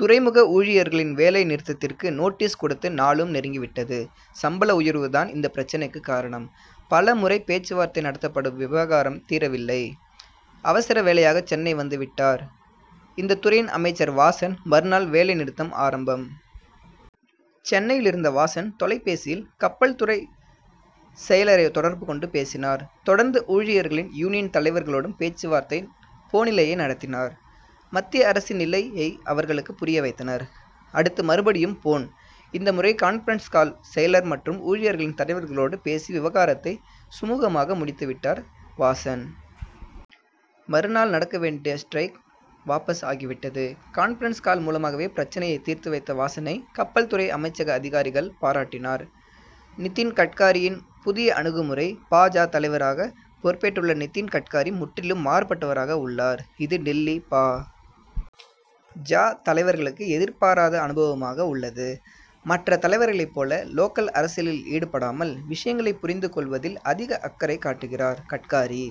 துறைமுக ஊழியர்களின் வேலை நிறுத்தத்திற்கு நோட்டீஸ் கொடுத்து நாளும் நெருங்கி விட்டது. சம்பள உயர்வுதான் இந்த பிரச்னைக்குக் காரணம். பலமுறை பேச்சு வார்த்தை நடத்தப்பட்டும் விவகாரம் தீரவில்லை. அவசர வேலையாக சென்னை வந்து விட்டார் இந்த துறையின் அமைச்சர் வாசன். மறுநாள் வேலை நிறுத்தம் ஆரம்பம். சென்னையிலிருந்த வாசன், தொலைபேசியில் கப்பல்துறை செயலரை தொடர்பு கொண்டு பேசினார். தொடர்ந்து ஊழியர்களின் யூனியன் தலைவர்களோடும் பேச்சு வார்த்தை போனிலேயே நடத்தினார். மத்திய அரசின் நிலையை அவர்களுக்கு புரிய வைத்தனர். அடுத்து மறுபடியும் போன், இந்த முறை கான்பிரன்ஸ் கால். செயலர் மற்றும் ஊழியர்கள் தலைவர்களோடு பேசி, விவகாரத்தை சுமுகமாக முடித்து விட்டார் வாசன். மறுநாள் நடக்க வேண்டிய ஸ்டிரைக் வாபஸ் ஆகிவிட்டது. 'கான்பிரன்ஸ் கால்' மூலமாகவே பிரச்னையை தீர்த்து வைத்த வாசனை கப்பல் துறை அமைச்சக அதிகாரிகள் பாராட்டினர். நிதின் கட்காரியின் புதிய அணுகுமுறை பா. ஜ., தலைவராக பொறுப்பேற்றுள்ள நிதின் கட்காரி, முற்றிலும் மாறுபட்டவராக உள்ளார். இது டில்லி பா. ஜ., தலைவர்களுக்கு எதிர்பாராத அனுபவமாக உள்ளது. மற்ற தலைவர்களைப் போல லோக்கல் அரசியலில் ஈடுபடாமல் விஷயங்களை புரிந்து கொள்வதில் அதிக அக்கறை காட்டுகிறார் கட்காரி.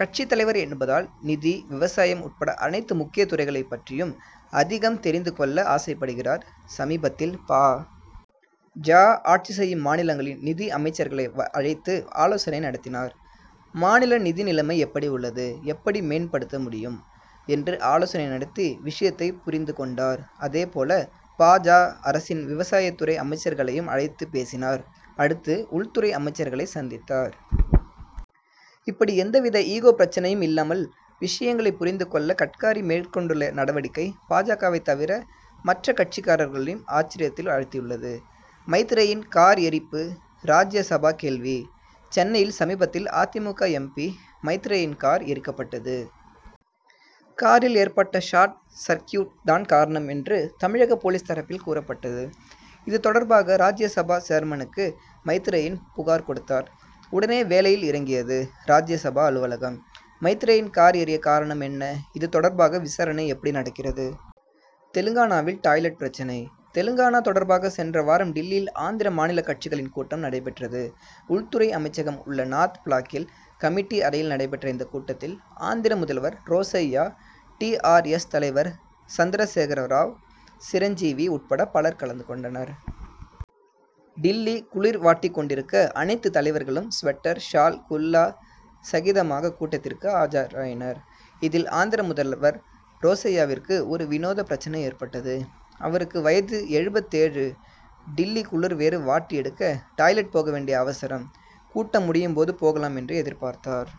கட்சித் தலைவர் என்பதால், நிதி, விவசாயம் உட்பட அனைத்து முக்கிய துறைகளைப் பற்றியும் அதிகம் தெரிந்து கொள்ள ஆசைப்படுகிறார். சமீபத்தில், பா. ஜ. ஆட்சி செய்யும் மாநிலங்களின் நிதி அமைச்சர்களை அழைத்து ஆலோசனை நடத்தினார். 'மாநில நிதி நிலைமை எப்படி உள்ளது? எப்படி மேம்படுத்த முடியும்? என்று ஆலோசனை நடத்தி விஷயத்தை புரிந்து கொண்டார். அதேபோல பா. ஜ., அரசின் விவசாயத் துறை அமைச்சர்களையும் அழைத்துப் பேசினார். அடுத்து உள்துறை அமைச்சர்களை சந்தித்தார். இப்படி எந்தவித ஈகோ பிரச்னையும் இல்லாமல் விஷயங்களைப் புரிந்துகொள்ள கட்காரி மேற்கொண்டுள்ள நடவடிக்கை பா. ஜ.,வைத் தவிர மற்ற கட்சிக்காரர்களையும் ஆச்சரியத்தில் ஆழ்த்தியுள்ளது. மைத்ரேயன் கார் எரிப்பு ராஜ்ய சபா கேள்வி சென்னையில் சமீபத்தில் அ. தி. மு. க., எம். பி., மைத்ரேயனின் கார் எரிக்கப்பட்டது. காரில் ஏற்பட்ட ஷார்ட் சர்க்கியூட் தான் காரணம் என்று தமிழக போலீஸ் தரப்பில் கூறப்பட்டது. இது தொடர்பாக ராஜ்ய சபா சேர்மனுக்கு மைத்ரேயன் புகார் கொடுத்தார். உடனே வேலையில் இறங்கியது ராஜ்யசபா அலுவலகம். மைத்ரேயன் கார் எரிய காரணம் என்ன? இது தொடர்பாக விசாரணை எப்படி நடக்கிறது? தெலுங்கானாவில் டாய்லெட் பிரச்னை தெலுங்கானா தொடர்பாக சென்ற வாரம் டில்லியில் ஆந்திர மாநில கட்சிகளின் கூட்டம் நடைபெற்றது. உள்துறை அமைச்சகம் உள்ள நார்த் ப்ளாக்கில் கமிட்டி அறையில் நடைபெற்ற இந்தக் கூட்டத்தில், ஆந்திர முதல்வர் ரோசய்யா, டி. ஆர். எஸ்., தலைவர் சந்திரசேகர ராவ், சிரஞ்சீவி உட்பட பலர் கலந்துகொண்டனர். டில்லி குளிர் வாட்டிக் கொண்டிருக்க, அனைத்து தலைவர்களும் ஸ்வெட்டர், ஷால், குல்லா சகிதமாக கூட்டத்திற்கு ஆஜராயினர். இதில், ஆந்திர முதல்வர் ரோசய்யாவிற்கு ஒரு வினோத பிரச்னை ஏற்பட்டது. அவருக்கு வயது எழுபத்தேழு. டில்லி குளிர் வேறு வாட்டி எடுக்க, டாய்லெட் போக வேண்டிய அவசரம். கூட்டம் முடியும் போது போகலாம் என்று எதிர்பார்த்தார்.